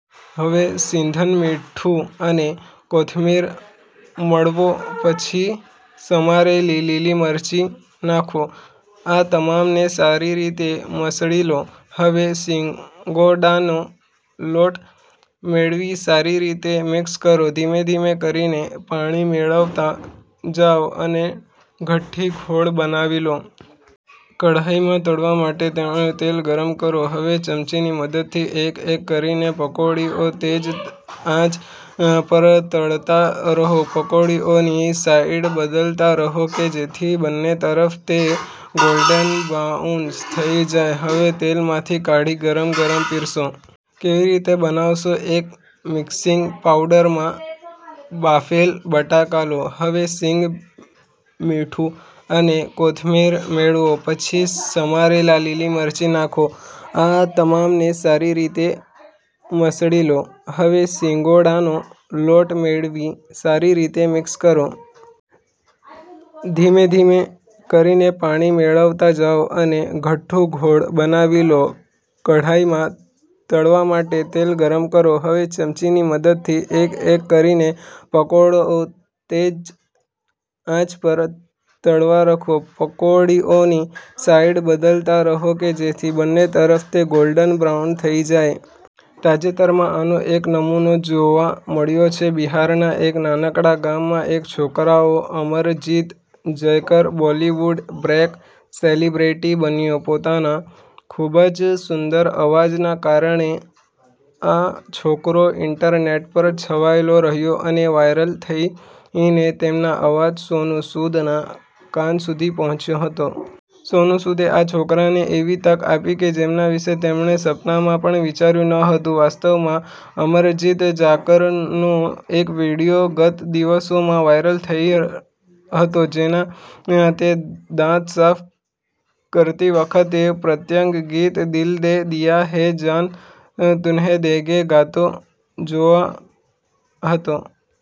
હવે સિંધવ મીઠું અને કોથમીર મેળવો.. પછી સમારેલી લીલી મરચી નાંખો.. આ તમામને સારી રીતે મસળી લો.. હવે સિંગોડાનો લોટ મેળવી સારી રીતે મિક્સ કરો.. ધીમે-ધીમે કરીને પાણી મેળવતા જાઓ અને ઘટ્ટ ઘોળ બનાવી લો.. કઢાઈમાં તળવા માટે તેલ ગરમ કરો.. હવે ચમચીની મદદથી એક-એક કરીને પકોડીઓ તેજ આંચ પર તળતા રહો.. પકોડીઓની સાઇડ બદલતા રહો કે જેથી બંને તરફથી તે ગોલ્ડન બ્રાઉન થઈ જાય.. હવે તેલમાંથી કાઢી ગરમા-ગરમ પિરસો. કેવી રીતે બનાવશો?. એક મિક્સિંગ બાઉલમાં બાફેલા બટાકા લો.. હવે સિંધવ મીઠું અને કોથમીર મેળવો.. પછી સમારેલી લીલી મરચી નાંખો.. આ તમામને સારી રીતે મસળી લો.. હવે સિંગોડાનો લોટ મેળવી સારી રીતે મિક્સ કરો.. ધીમે-ધીમે કરીને પાણી મેળવતા જાઓ અને ઘટ્ટ ઘોળ બનાવી લો.. કઢાઈમાં તળવા માટે તેલ ગરમ કરો.. હવે ચમચીની મદદથી એક-એક કરીને પકોડીઓ તેજ આંચ પર તળતા રહો.. પકોડીઓની સાઇડ બદલતા રહો કે જેથી બંને તરફથી તે ગોલ્ડન બ્રાઉન થઈ જાય.. તાજેતરમાં આનો એક નમૂનો જોવા મળ્યો છે. બિહારના એક નાનકડા ગામનો એક છોકરો Amarjeet Jaykar Bollywood break celebrity બન્યો. પોતાના ખૂબ જ સુંદર અવાજના કારણે આ છોકરો ઈન્ટરનેટ પર છવાયેલો રહ્યો અને વાયરલ થઈને તેનો અવાજ સોનુ સૂદ ના કાન સુધી પહોંચ્યો હતો. સોનુ સૂદે આ છોકરાને એવી તક આપી, જેના વિશે તેણે સપનામાં પણ વિચાર્યું ન હોય. વાસ્તવમાં, અમરજીત જાકરનો એક વીડિયો ગત દિવસોમાં વાયરલ થયો હતો, જેમાં તે દાંત સાફ કરતી વખતે પ્રખ્યાત ગીત 'દિલ દે દિયા હૈ જાન તુમ્હે દેંગે' ગાતો જોવા મળ્યો હતો.